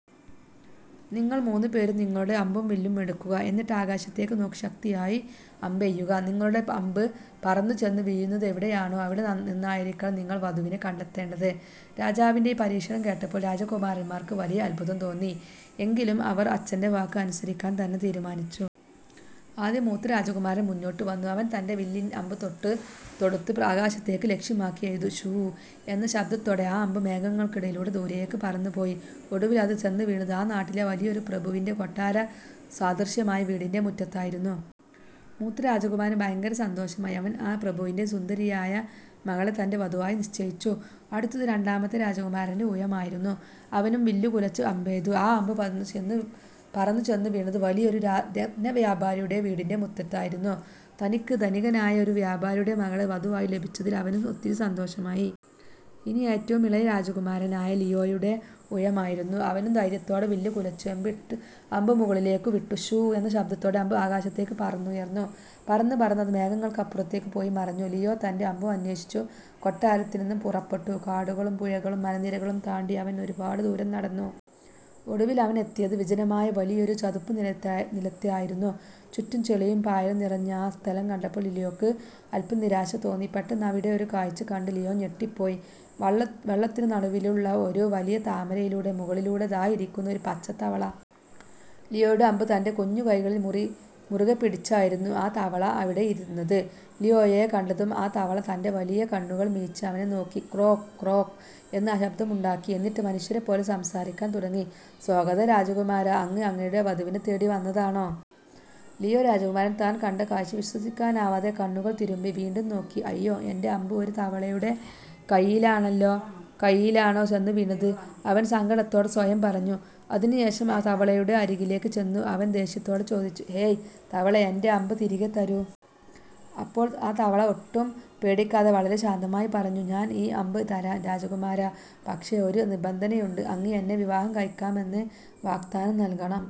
നിങ്ങൾ മൂന്നുപേരും നിങ്ങളുടെ അമ്പും വില്ലും എടുക്കുക. എന്നിട്ട് ആകാശത്തേക്ക് നോക്കി ശക്തിയായി അമ്പെയ്യുക. നിങ്ങളുടെ അമ്പ് പറന്നു ചെന്ന് വീഴുന്നത് എവിടെയാണോ, അവിടെ നിന്നായിരിക്കണം നിങ്ങൾ വധുവിനെ കണ്ടെത്തേണ്ടത്! " രാജാവിന്റെ ഈ പരീക്ഷണം കേട്ടപ്പോൾ രാജകുമാരന്മാർക്ക് വലിയ അത്ഭുതം തോന്നി. എങ്കിലും അവർ അച്ഛന്റെ വാക്ക് അനുസരിക്കാൻ തന്നെ തീരുമാനിച്ചു. ആദ്യം മൂത്ത രാജകുമാരൻ മുന്നോട്ട് വന്നു. അവൻ തന്റെ വില്ലിൽ അമ്പ് തൊടുത്ത് ആകാശത്തേക്ക് ലക്ഷ്യമാക്കി എയ്തു! 'ശൂ… ' എന്ന ശബ്ദത്തോടെ ആ അമ്പ് മേഘങ്ങൾക്കിടയിലൂടെ ദൂരേക്ക് പറന്നുപോയി. ഒടുവിൽ അത് ചെന്ന് വീണത് ആ നാട്ടിലെ വലിയൊരു പ്രഭുവിന്റെ കൊട്ടാരസദൃശ്യമായ വീടിന്റെ മുറ്റത്തായിരുന്നു. മൂത്ത രാജകുമാരന് ഭയങ്കര സന്തോഷമായി. അവൻ ആ പ്രഭുവിന്റെ സുന്ദരിയായ മകളെ തന്റെ വധുവായി നിശ്ചയിച്ചു. അടുത്തത് രണ്ടാമത്തെ രാജകുമാരന്റെ ഊഴമായിരുന്നു. അവനും വില്ലുകുലച്ച് അമ്പെയ്തു. ആ അമ്പ് പറന്നുചെന്ന് വീണത് വലിയൊരു രത്നവ്യാപാരിയുടെ വീടിന്റെ മുറ്റത്തായിരുന്നു. തനിക്ക് ധനികനായ ഒരു വ്യാപാരിയുടെ മകളെ വധുവായി ലഭിച്ചതിൽ അവനും ഒത്തിരി സന്തോഷമായി. ഇനി ഏറ്റവും ഇളയ രാജകുമാരനായ ലിയോയുടെ ഊഴമായിരുന്നു. അവനും ധൈര്യത്തോടെ വില്ല് കുലച്ച് അമ്പ് മുകളിലേക്ക് വിട്ടു! 'ശൂ… ' എന്ന ശബ്ദത്തോടെ അമ്പ് ആകാശത്തേക്ക് പറന്നുയർന്നു. പറന്നു പറന്ന്… അത് മേഘങ്ങൾക്കപ്പുറത്തേക്ക് പോയിമറഞ്ഞു. ലിയോ തന്റെ അമ്പും അന്വേഷിച്ച് കൊട്ടാരത്തിൽ നിന്നും പുറപ്പെട്ടു. കാടുകളും പുഴകളും മലനിരകളും താണ്ടി അവൻ ഒരുപാട് ദൂരം നടന്നു. ഒടുവിൽ, അവൻ എത്തിയത് വിജനമായ വലിയൊരു ചതുപ്പുനിലത്തായിരുന്നു. ചുറ്റും ചെളിയും പായലും നിറഞ്ഞ ആ സ്ഥലം കണ്ടപ്പോൾ ലിയോയ്ക്ക് അല്പം നിരാശ തോന്നി. പെട്ടെന്ന്, അവിടെയൊരു കാഴ്ച കണ്ട് ലിയോ ഞെട്ടിപ്പോയി! വെള്ളത്തിന് നടുവിലുള്ള ഒരു വലിയ താമരയിലയുടെ മുകളിൽ ദാ ഇരിക്കുന്നു ഒരു പച്ചത്തവള! ലിയോയുടെ അമ്പ് തന്റെ കുഞ്ഞു കൈകളിൽ മുറുകെപ്പിടിച്ചായിരുന്നു ആ തവള അവിടെ ഇരുന്നത്! ലിയോയെ കണ്ടതും ആ തവള തന്റെ വലിയ കണ്ണുകൾ മിഴിച്ച്, അവനെ നോക്കി 'ക്രോക്ക്… ക്രോക്ക്… ' എന്ന് ശബ്ദമുണ്ടാക്കി. എന്നിട്ട് മനുഷ്യരെപ്പോലെ സംസാരിക്കാൻ തുടങ്ങി: "സ്വാഗതം രാജകുമാരാ! അങ്ങ് അങ്ങയുടെ വധുവിനെ തേടി വന്നതാണോ? " ലിയോ രാജകുമാരൻ താൻ കണ്ട കാഴ്ച വിശ്വസിക്കാനാവാതെ കണ്ണുകൾ തിരുമ്മി വീണ്ടും നോക്കി! "അയ്യോ! എന്റെ അമ്പ് ഒരു തവളയുടെ കൈയിലാണോ ചെന്ന് വീണത്? " അവൻ സങ്കടത്തോടെ സ്വയം പറഞ്ഞു. അതിനുശേഷം തവളയുടെ അരികിലേക്ക് ചെന്ന് അവൻ ദേഷ്യത്തോടെ ചോദിച്ചു: "ഹേയ് തവളേ, എന്റെ അമ്പ് തിരികെ തരൂ. " അപ്പോൾ ആ തവള ഒട്ടും പേടിക്കാതെ, വളരെ ശാന്തമായി പറഞ്ഞു: "ഞാൻ ഈ അമ്പ് തരാം രാജകുമാരാ, പക്ഷേ, ഒരു നിബന്ധനയുണ്ട്. അങ്ങ് എന്നെ വിവാഹം കഴിക്കാമെന്ന് വാഗ്ദാനം നൽകണം! "